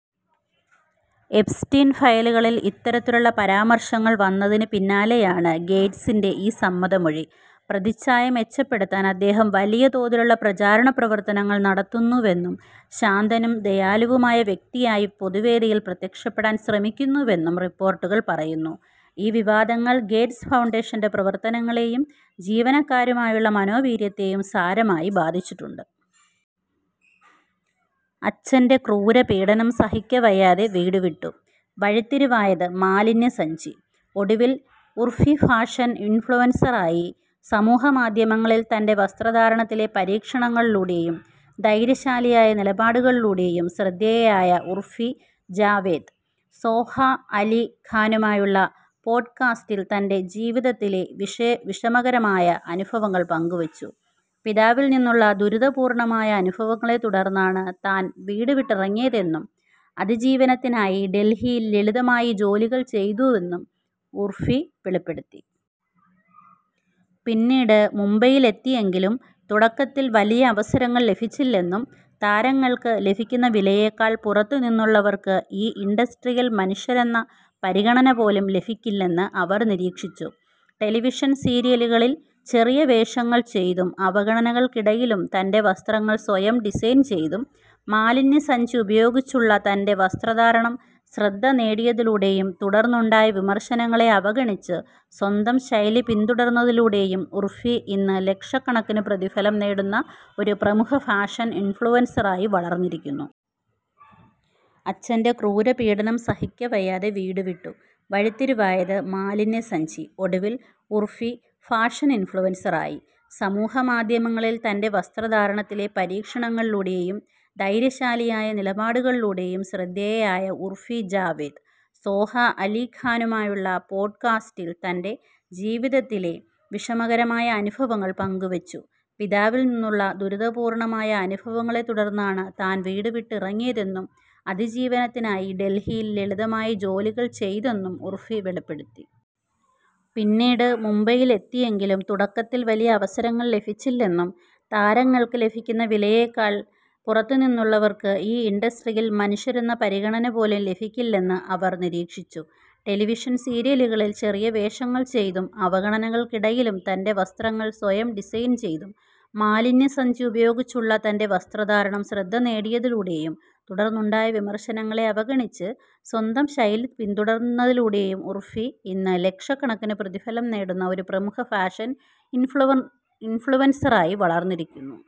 Epstein ഫയലുകളിൽ ഇത്തരത്തിലുള്ള പരാമർശങ്ങൾ വന്നതിന് പിന്നാലെയാണ് ഗേറ്റ്സിന്റെ ഈ സമ്മതമൊഴി. പ്രതിച്ഛായ മെച്ചപ്പെടുത്താൻ അദ്ദേഹം വലിയ തോതിലുള്ള പ്രചാരണ പ്രവർത്തനങ്ങൾ നടത്തുന്നുവെന്നും, ശാന്തനും ദയാലുവുമായ വ്യക്തിയായി പൊതുവേദിയിൽ പ്രത്യക്ഷപ്പെടാൻ ശ്രമിക്കുന്നുവെന്നും റിപ്പോർട്ടുകൾ പറയുന്നു. ഈ വിവാദങ്ങൾ ഗേറ്റ്സ് ഫൗണ്ടേഷന്റെ പ്രവർത്തനങ്ങളെയും ജീവനക്കാരുടെ മനോവീര്യത്തെയും സാരമായി ബാധിച്ചിട്ടുണ്ട്. അച്ഛന്റെ ക്രൂരപീഡനം സഹിക്കവയ്യാതെ വീടുവിട്ടു, വഴിത്തിരിവായത് 'മാലിന്യസഞ്ചി': ഒടുവിൽ ഉർഫി ഫാഷൻ ഇൻഫ്ലുവൻസറായി। സമൂഹമാധ്യമങ്ങളിൽ തൻ്റെ വസ്ത്രധാരണത്തിലെ പരീക്ഷണങ്ങളിലൂടെയും ധൈര്യശാലിയായ നിലപാടുകളിലൂടെയും ശ്രദ്ധേയയായ ഉർഫി ജാവേദ്, സോഹ അലി ഖാനുമായുള്ള പോഡ്കാസ്റ്റിൽ തൻ്റെ ജീവിതത്തിലെ വിഷമകരമായ അനുഭവങ്ങൾ പങ്കുവെച്ചു. പിതാവിൽ നിന്നുള്ള ദുരിതപൂർണ്ണമായ അനുഭവങ്ങളെത്തുടർന്നാണ് താൻ വീടുവിട്ടിറങ്ങിയതെന്നും, അതിജീവനത്തിനായി ഡൽഹിയിൽ ലളിതമായ ജോലികൾ ചെയ്തെന്നും ഉർഫി വെളിപ്പെടുത്തി. പിന്നീട് മുംബൈയിലെത്തിയെങ്കിലും തുടക്കത്തിൽ വലിയ അവസരങ്ങൾ ലഭിച്ചില്ലെന്നും, താരങ്ങൾക്ക് ലഭിക്കുന്ന വിലയേക്കാൾ പുറത്തുനിന്നുള്ളവർക്ക് ഈ ഇൻഡസ്ട്രിയിൽ മനുഷ്യരെന്ന പരിഗണന പോലും ലഭിക്കില്ലെന്ന് അവർ നിരീക്ഷിച്ചു. ടെലിവിഷൻ സീരിയലുകളിൽ ചെറിയ വേഷങ്ങൾ ചെയ്തും, അവഗണനകൾക്കിടയിലും തൻ്റെ വസ്ത്രങ്ങൾ സ്വയം ഡിസൈൻ ചെയ്തും, മാലിന്യസഞ്ചി ഉപയോഗിച്ചുള്ള തൻ്റെ വസ്ത്രധാരണം ശ്രദ്ധ നേടിയതിലൂടെയും, തുടർന്നുണ്ടായ വിമർശനങ്ങളെ അവഗണിച്ച് സ്വന്തം ശൈലി പിന്തുടർന്നതിലൂടെയും ഉർഫി ഇന്ന് ലക്ഷക്കണക്കിന് പ്രതിഫലം നേടുന്ന ഒരു പ്രമുഖ ഫാഷൻ ഇൻഫ്ലുവൻസറായി വളർന്നിരിക്കുന്നു. അച്ഛന്റെ ക്രൂരപീഡനം സഹിക്കവയ്യാതെ വീടുവിട്ടു, വഴിത്തിരിവായത് 'മാലിന്യസഞ്ചി': ഒടുവിൽ ഉർഫി ഫാഷൻ ഇൻഫ്ലുവൻസറായി സമൂഹമാധ്യമങ്ങളിൽ തൻ്റെ വസ്ത്രധാരണത്തിലെ പരീക്ഷണങ്ങളിലൂടെയും ധൈര്യശാലിയായ നിലപാടുകളിലൂടെയും ശ്രദ്ധേയയായ ഉർഫി ജാവേദ്, സോഹ അലി ഖാനുമായുള്ള പോഡ്കാസ്റ്റിൽ തൻ്റെ ജീവിതത്തിലെ വിഷമകരമായ അനുഭവങ്ങൾ പങ്കുവെച്ചു. പിതാവിൽ നിന്നുള്ള ദുരിതപൂർണ്ണമായ അനുഭവങ്ങളെത്തുടർന്നാണ് താൻ വീടുവിട്ടിറങ്ങിയതെന്നും, അതിജീവനത്തിനായി ഡൽഹിയിൽ ലളിതമായ ജോലികൾ ചെയ്തെന്നും ഉർഫി വെളിപ്പെടുത്തി. പിന്നീട് മുംബൈയിലെത്തിയെങ്കിലും തുടക്കത്തിൽ വലിയ അവസരങ്ങൾ ലഭിച്ചില്ലെന്നും, താരങ്ങൾക്ക് ലഭിക്കുന്ന വിലയേക്കാൾ പുറത്തുനിന്നുള്ളവർക്ക് ഈ ഇൻഡസ്ട്രിയിൽ മനുഷ്യരെന്ന പരിഗണന പോലും ലഭിക്കില്ലെന്ന് അവർ നിരീക്ഷിച്ചു. ടെലിവിഷൻ സീരിയലുകളിൽ ചെറിയ വേഷങ്ങൾ ചെയ്തും, അവഗണനകൾക്കിടയിലും തൻ്റെ വസ്ത്രങ്ങൾ സ്വയം ഡിസൈൻ ചെയ്തും, മാലിന്യസഞ്ചി ഉപയോഗിച്ചുള്ള തൻ്റെ വസ്ത്രധാരണം ശ്രദ്ധ നേടിയതിലൂടെയും, തുടർന്നുണ്ടായ വിമർശനങ്ങളെ അവഗണിച്ച് സ്വന്തം ശൈലി പിന്തുടർന്നതിലൂടെയും ഉർഫി ഇന്ന് ലക്ഷക്കണക്കിന് പ്രതിഫലം നേടുന്ന ഒരു പ്രമുഖ ഫാഷൻ ഇൻഫ്ലുവൻസറായി വളർന്നിരിക്കുന്നു.